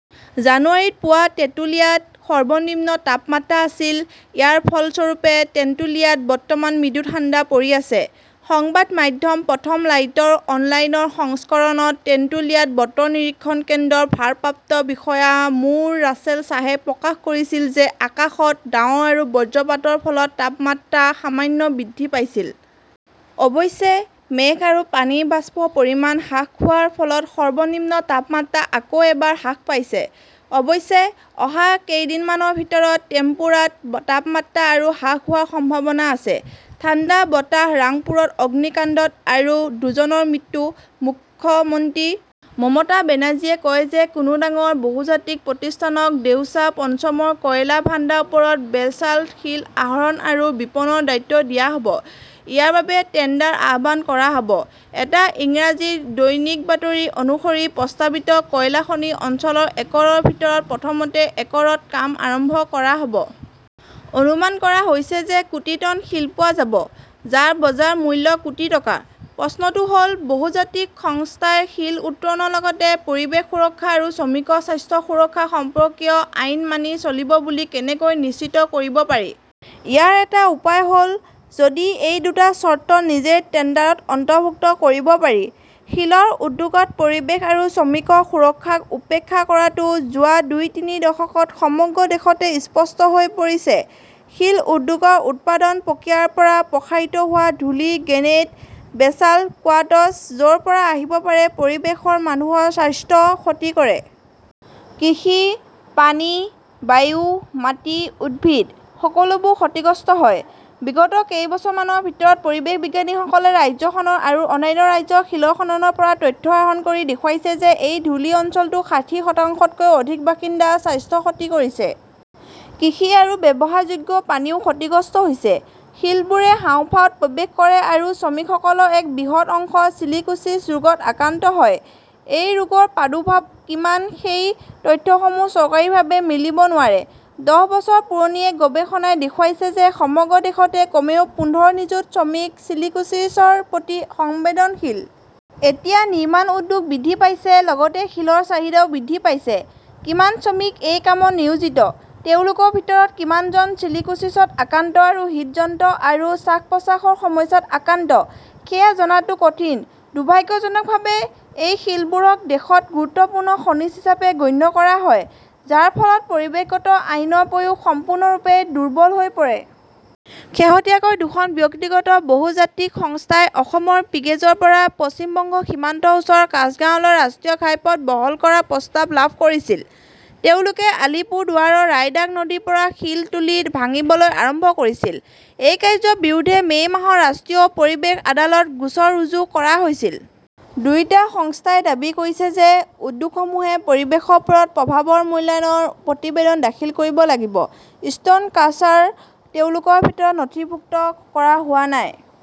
জানুৱাৰীত পুৱা তেঁতুলিয়াত সৰ্বনিম্ন তাপমাত্ৰা আছিল । ইয়াৰ ফলস্বৰূপে, টেন্টুলিয়াত বৰ্তমান মৃদু ঠাণ্ডা পৰি আছে। সংবাদ মাধ্যম প্ৰথম লাইটৰ অনলাইন সংস্কৰণত টেন্টুলিয়া বতৰ নিৰীক্ষণ কেন্দ্ৰৰ ভাৰপ্ৰাপ্ত বিষয়া মো. ৰাছেল শ্বাহে প্ৰকাশ কৰিছিল যে আকাশত ডাৱৰ আৰু বজ্ৰপাতৰ ফলত তাপমাত্ৰা সামান্য বৃদ্ধি পাইছিল। অৱশ্যে, মেঘ আৰু পানীৰ বাষ্পৰ পৰিমাণ হ্ৰাস হোৱাৰ ফলত সৰ্বনিম্ন তাপমাত্ৰা আকৌ এবাৰ হ্ৰাস পাইছে। অৱশ্যে, অহা কেইদিনমানৰ ভিতৰত টেম্পুৰাৰ তাপমাত্ৰা আৰু হ্ৰাস হোৱাৰ সম্ভাৱনা আছে। ঠাণ্ডা বতাহ ৰাংপুৰত অগ্নিকাণ্ডত আৰু দুজনৰ মৃত্যু ।মুখ্যমন্ত্ৰী মমতা বেনাৰ্জীয়ে কয় যে কোনো ডাঙৰ বহুজাতিক প্ৰতিষ্ঠানক দেউচা-পঞ্চমৰ কয়লা ভাণ্ডাৰৰ ওপৰত বেচাল্ট শিল আহৰণ আৰু বিপণনৰ দায়িত্ব দিয়া হ 'ব। ইয়াৰ বাবে টেণ্ডাৰ আহ্বান কৰা হ'ব। এটা ইংৰাজী দৈনিকৰ বাতৰি অনুসৰি, প্ৰস্তাৱিত কয়লা খনি অঞ্চলৰ একৰৰ ভিতৰত প্ৰথমতে একৰত কাম আৰম্ভ কৰা হ'ব। অনুমান কৰা হৈছে যে কোটি টন শিল পোৱা যাব, যাৰ বজাৰ মূল্য কোটি টকা। প্ৰশ্নটো হ 'ল, বহুজাতিক সংস্থাই শিল উত্তোলনৰ লগতে পৰিৱেশ সুৰক্ষা আৰু শ্ৰমিকৰ স্বাস্থ্য সুৰক্ষা সম্পৰ্কীয় আইন মানি চলিব বুলি কেনেকৈ নিশ্চিত কৰিব পাৰি? ইয়াৰ এটা উপায় হ'ল, যদি এই দুটা চৰ্ত নিজেই টেণ্ডাৰত অন্তৰ্ভুক্ত কৰিব পাৰি। শিলৰ উদ্যোগত পৰিৱেশ আৰু শ্ৰমিকৰ সুৰক্ষাক উপেক্ষা কৰাটো যোৱা দুই-তিনি দশকত সমগ্ৰ দেশতে স্পষ্ট হৈ পৰিছে। শিল উদ্যোগৰ উৎপাদন প্ৰক্ৰিয়াৰ পৰা প্ৰসাৰিত হোৱা ধূলি-ই গ্ৰেনেট, বেচাল্ট, কোৱাৰ্টজ য 'ৰ পৰা আহিব পাৰে-পৰিৱেশৰ মানুহৰ স্বাস্থ্যৰ ক্ষতি কৰে। কৃষি, পানী, বায়ু, মাটি, উদ্ভিদ, সকলোবোৰ ক্ষতিগ্ৰস্ত হয়। বিগত কেইবছৰমানৰ ভিতৰত পৰিৱেশবিজ্ঞানীসকলে ৰাজ্যখনৰ আৰু অন্যান্য ৰাজ্যৰ শিল খননৰ পৰা তথ্য আহৰণ কৰি দেখুৱাইছে যে এই ধূলি অঞ্চলটোৰ ষাঠি শতাংশতকৈও অধিক বাসিন্দাৰ স্বাস্থ্যৰ ক্ষতি কৰিছে। কৃষি আৰু ব্যৱহাৰযোগ্য পানীও ক্ষতিগ্ৰস্ত হৈছে। শিলবোৰে হাঁওফাঁওত প্ৰৱেশ কৰে আৰু শ্ৰমিকসকলৰ এক বৃহৎ অংশ চিলিকোছিছ ৰোগত আক্ৰান্ত হয়। এই ৰোগৰ প্ৰাদুৰ্ভাৱ কিমান, সেই তথ্যসমূহ চৰকাৰীভাৱে মিলিব নোৱাৰে। দহ বছৰ পুৰণি এক গৱেষণাই দেখুৱাইছে যে সমগ্ৰ দেশতে কমেও পোন্ধৰ নিযুত শ্ৰমিক চিলিকোছিছৰ প্ৰতি সংবেদনশীল। এতিয়া নিৰ্মাণ উদ্যোগ বৃদ্ধি পাইছে লগতে শিলৰ চাহিদাও বৃদ্ধি পাইছে। কিমান শ্ৰমিক এই কামত নিয়োজিত, তেওঁলোকৰ ভিতৰত কিমানজন চিলিকোচিছত আক্ৰান্ত বা হৃদযন্ত্ৰ আৰু শ্বাস-প্ৰশ্বাসৰ সমস্যাত আক্ৰান্ত, সেয়া জনাটো কঠিন। দুৰ্ভাগ্যজনকভাৱে, এই শিলবোৰক দেশত গুৰুত্বপূৰ্ণ খনিজ হিচাপে গণ্য কৰা হয়, যাৰ ফলত পৰিৱেশগত আইনৰ প্ৰয়োগ সম্পূৰ্ণৰূপে দুৰ্বল হৈ পৰে। শেহতীয়াকৈ দুখন ব্যক্তিগত বহুজাতিক সংস্থাই অসমৰ পিগেজৰ পৰা পশ্চিম বংগৰ সীমান্তৰ ওচৰৰ কাছগাঁওলৈ ৰাষ্ট্ৰীয় ঘাইপথ বহল কৰাৰ প্ৰস্তাৱ লাভ কৰিছিল। তেওঁলোকে আলীপুৰদুৱাৰৰ ৰায়ডাক নদীৰ পৰা শিল তুলি ভাঙিবলৈ আৰম্ভ কৰিছিল। এই কাৰ্য্যৰ বিৰুদ্ধে মে মাহত ৰাষ্ট্ৰীয় পৰিৱেশ আদালতত গোচৰ ৰুজু কৰা হৈছিল। দুয়োটা সংস্থাই দাবী কৰিছে যে, উদ্যোগসমূহে পৰিৱেশৰ ওপৰত প্ৰভাৱৰ মূল্যায়নৰ প্ৰতিবেদন দাখিল কৰিব লাগিব, ষ্টোন ক্ৰাছাৰ তেওঁলোকৰ ভিতৰত নথিভুক্ত কৰা হোৱা নাই।